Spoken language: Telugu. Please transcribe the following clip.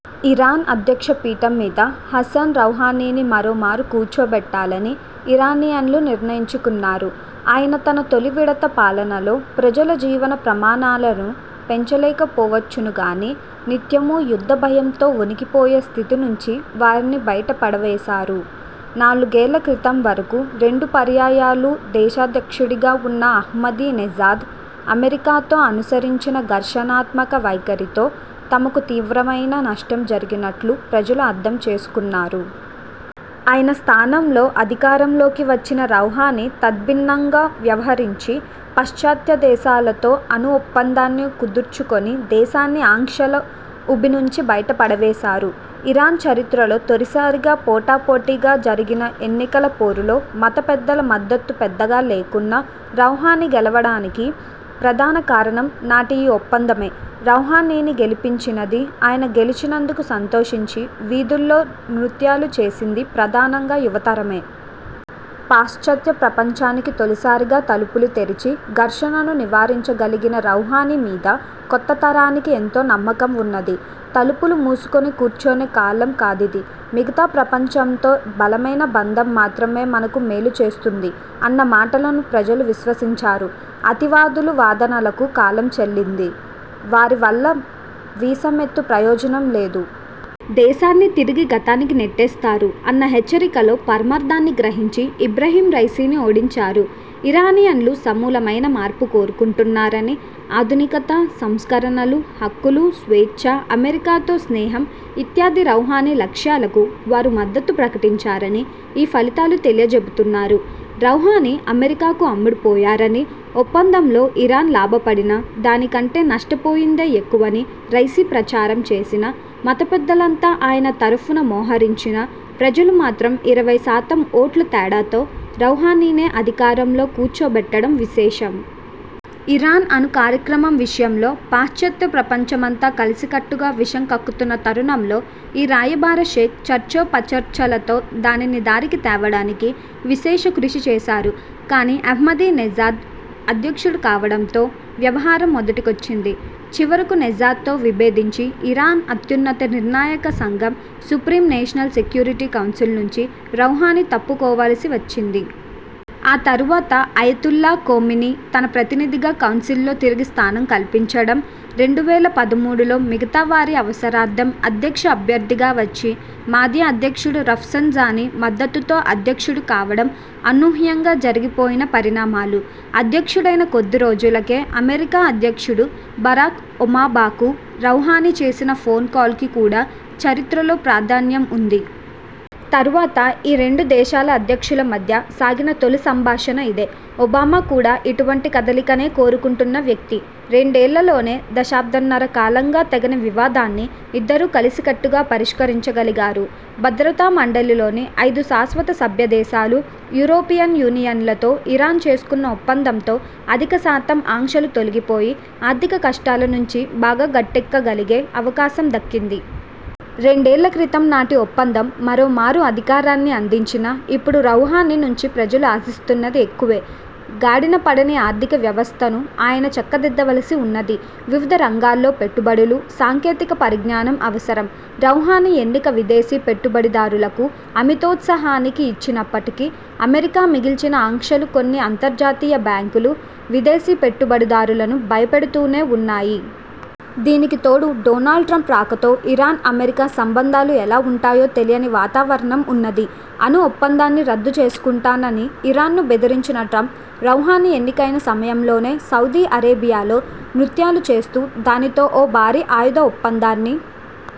ఇరాన్ అధ్యక్షపీఠం మీద హసన్ రౌహానీని మరోమారు కూర్చోబెట్టాలని ఇరానియన్లు నిర్ణయించుకున్నారు. ఆయన తన తొలివిడత పాలనలో ప్రజల జీవన ప్రమాణాలను పెంచలేకపోవచ్చును గానీ, నిత్యమూ యుద్ధభయంతో వొణికిపోయే స్థితి నుంచి వారిని బయటపడవేశారు. నాలుగేళ్ళ క్రితం వరకూ రెండు పర్యాయాలు దేశాధ్యక్షుడిగా ఉన్న అహ్మదినెజాద్ అమెరికాతో అనుసరించిన ఘర్షణాత్మక వైఖరితో తమకు తీవ్రమైన నష్టం జరిగినట్లు ప్రజలు అర్థం చేసుకున్నారు. ఆయన స్థానంలో అధికారంలోకి వచ్చిన రౌహానీ తద్భిన్నంగా వ్యవహరించి, పాశ్చాత్యదేశాలతో అణుఒప్పందాన్ని కుదర్చుకొని దేశాన్ని ఆంక్షల ఊబినుంచి బయటపడవేశారు. ఇరాన్ చరిత్రలో తొలిసారిగా పోటాపోటీగా జరిగిన ఎన్నికల పోరులో, మతపెద్దల మద్దతు పెద్దగా లేకున్నా రౌహానీ గెలవడానికి ప్రధాన కారణం నాటి ఈ ఒప్పందమే. రౌహానీని గెలిపించినదీ, ఆయన గెలిచినందుకు సంతోషించి వీధుల్లో నృత్యాలు చేసిందీ ప్రధానంగా యువతరమే. పాశ్చాత్య ప్రపంచానికి తొలిసారిగా తలుపులు తెరిచి, ఘర్షణను నివారించగలిగిన రౌహానీ మీద కొత్తతరానికి ఎంతో నమ్మకం ఉన్నది. 'తలుపులు మూసుకొని కూర్చొనే కాలం కాదిది, మిగతా ప్రపంచంతో బలమైన బంధం మాత్రమే మనకు మేలుచేస్తుంది' అన్న మాటలను ప్రజలు విశ్వసించారు. 'అతివాదుల వాదనలకు కాలం చెల్లింది, వారి వల్ల వీసమెత్తు ప్రయోజనం లేదు. దేశాన్ని తిరిగి గతానికి నెట్టేస్తారు' అన్న హెచ్చరికలో పరమార్థాన్ని గ్రహించి ఇబ్రహీం రైసీని ఓడించారు. ఇరానియన్లు సమూలమైన మార్పు కోరుకుంటున్నారనీ, ఆధునికత, సంస్కరణలు, హక్కులు, స్వేచ్ఛ, అమెరికాతో స్నేహం ఇత్యాది రౌహానీ లక్ష్యాలకు వారు మద్దతు ప్రకటించారని ఈ ఫలితాలు తెలియచెబుతున్నారు. రౌహానీ అమెరికాకు అమ్ముడుపోయారనీ, ఒప్పందంలో ఇరాన్ లాభపడిన దాని కంటే నష్టపోయిందే ఎక్కువని రైసీ ప్రచారం చేసినా, మతపెద్దలంతా ఆయన తరఫున మోహరించినా ప్రజలు మాత్రం ఇరవై శాతం ఓట్ల తేడాతో రౌహానీనే అధికారంలో కూర్చోబెట్టడం విశేషం. ఇరాన్ అణు కార్యక్రమం విషయంలో పాశ్చాత్య ప్రపంచమంతా కలసికట్టుగా విషం కక్కుతున్న తరుణంలో, ఈ 'రాయబార షేక్' చర్చోపచర్చలతో దానిని దారికి తేవడానికి విశేష కృషి చేశారు. కానీ, అహ్మదినెజాద్ అధ్యక్షుడు కావడంతో వ్యవహారం మొదటికొచ్చింది. చివరకు నెజాద్తో విభేదించి ఇరాన్ అత్యున్నత నిర్ణాయక సంఘం 'సుప్రీం నేషనల్ సెక్యూరిటీ కౌన్సిల్' నుంచి రౌహానీ తప్పుకోవలసి వచ్చింది. ఆ తరువాత అయతుల్లా ఖొమైనీ తన ప్రతినిధిగా కౌన్సిల్లో తిరిగి స్థానం కల్పించడం, రెండు వేల పదమూడులో మిగతావారి అవసరార్థం అధ్యక్ష అభ్యర్థిగా వచ్చి, మాజీ అధ్యక్షుడు రఫ్సన్ జానీ మద్దతుతో అధ్యక్షుడు కావడం అనూహ్యంగా జరిగిపోయిన పరిణామాలు. అధ్యక్షుడైన కొద్దిరోజులకే అమెరికా అధ్యక్షుడు బరాక్ ఒమాబాకు రౌహానీ చేసిన ఫోన్ కాల్ కు కూడా చరిత్రలో ప్రాధాన్యం ఉంది. తరువాత ఈ రెండు దేశాల అధ్యక్షుల మధ్య సాగిన తొలిసంభాషణ ఇదే. ఒబామా కూడా ఇటువంటి కదలికనే కోరుకుంటున్న వ్యక్తి. రెండేళ్ళలోనే దశాబ్దంన్నర కాలంగా తెగని వివాదాన్ని ఇద్దరూ కలసికట్టుగా పరిష్కరించగలిగారు. భద్రతామండలిలోని ఐదు శాశ్వత సభ్యదేశాలు, యూరోపియన్ యూనియన్లతో ఇరాన్ చేసుకున్న ఒప్పందంతో అధిక శాతం ఆంక్షలు తొలిగిపోయి, ఆర్థిక కష్టాల నుంచి బాగా గట్టెక్కగలిగే అవకాశం దక్కింది. రెండేళ్ళ క్రితం నాటి ఒప్పందం మరోమారు అధికారాన్ని అందించినా, ఇప్పుడు రౌహానీ నుంచి ప్రజలు ఆశిస్తున్నది ఎక్కువే. గాడినపడని ఆర్థిక వ్యవస్థను ఆయన చక్కదిద్దవలసి ఉన్నది. వివిధ రంగాల్లో పెట్టుబడులు, సాంకేతిక పరిజ్ఞానం అవసరం. రౌహానీ ఎన్నిక విదేశీ పెట్టుబడిదారులకు అమితోత్సాహాన్ని ఇచ్చినప్పటికీ, అమెరికా మిగిల్చిన ఆంక్షలు కొన్ని అంతర్జాతీయ బ్యాంకులు, విదేశీ పెట్టుబడిదారులను భయపెడుతూనే ఉన్నాయి. దీనికి తోడు డొనాల్డ్ ట్రంప్ రాకతో, ఇరాన్ అమెరికా సంబంధాలు ఎలా ఉంటాయో తెలియని వాతావరణం ఉన్నది. అణు ఒప్పందాన్ని రద్దుచేసుకుంటానని ఇరాన్ను బెదిరించిన ట్రంప్, రౌహానీ ఎన్నికైన సమయంలోనే సౌదీ అరేబియాలో నృత్యాలు చేస్తూ దానితో ఓ భారీ ఆయుధ ఒప్పందాన్ని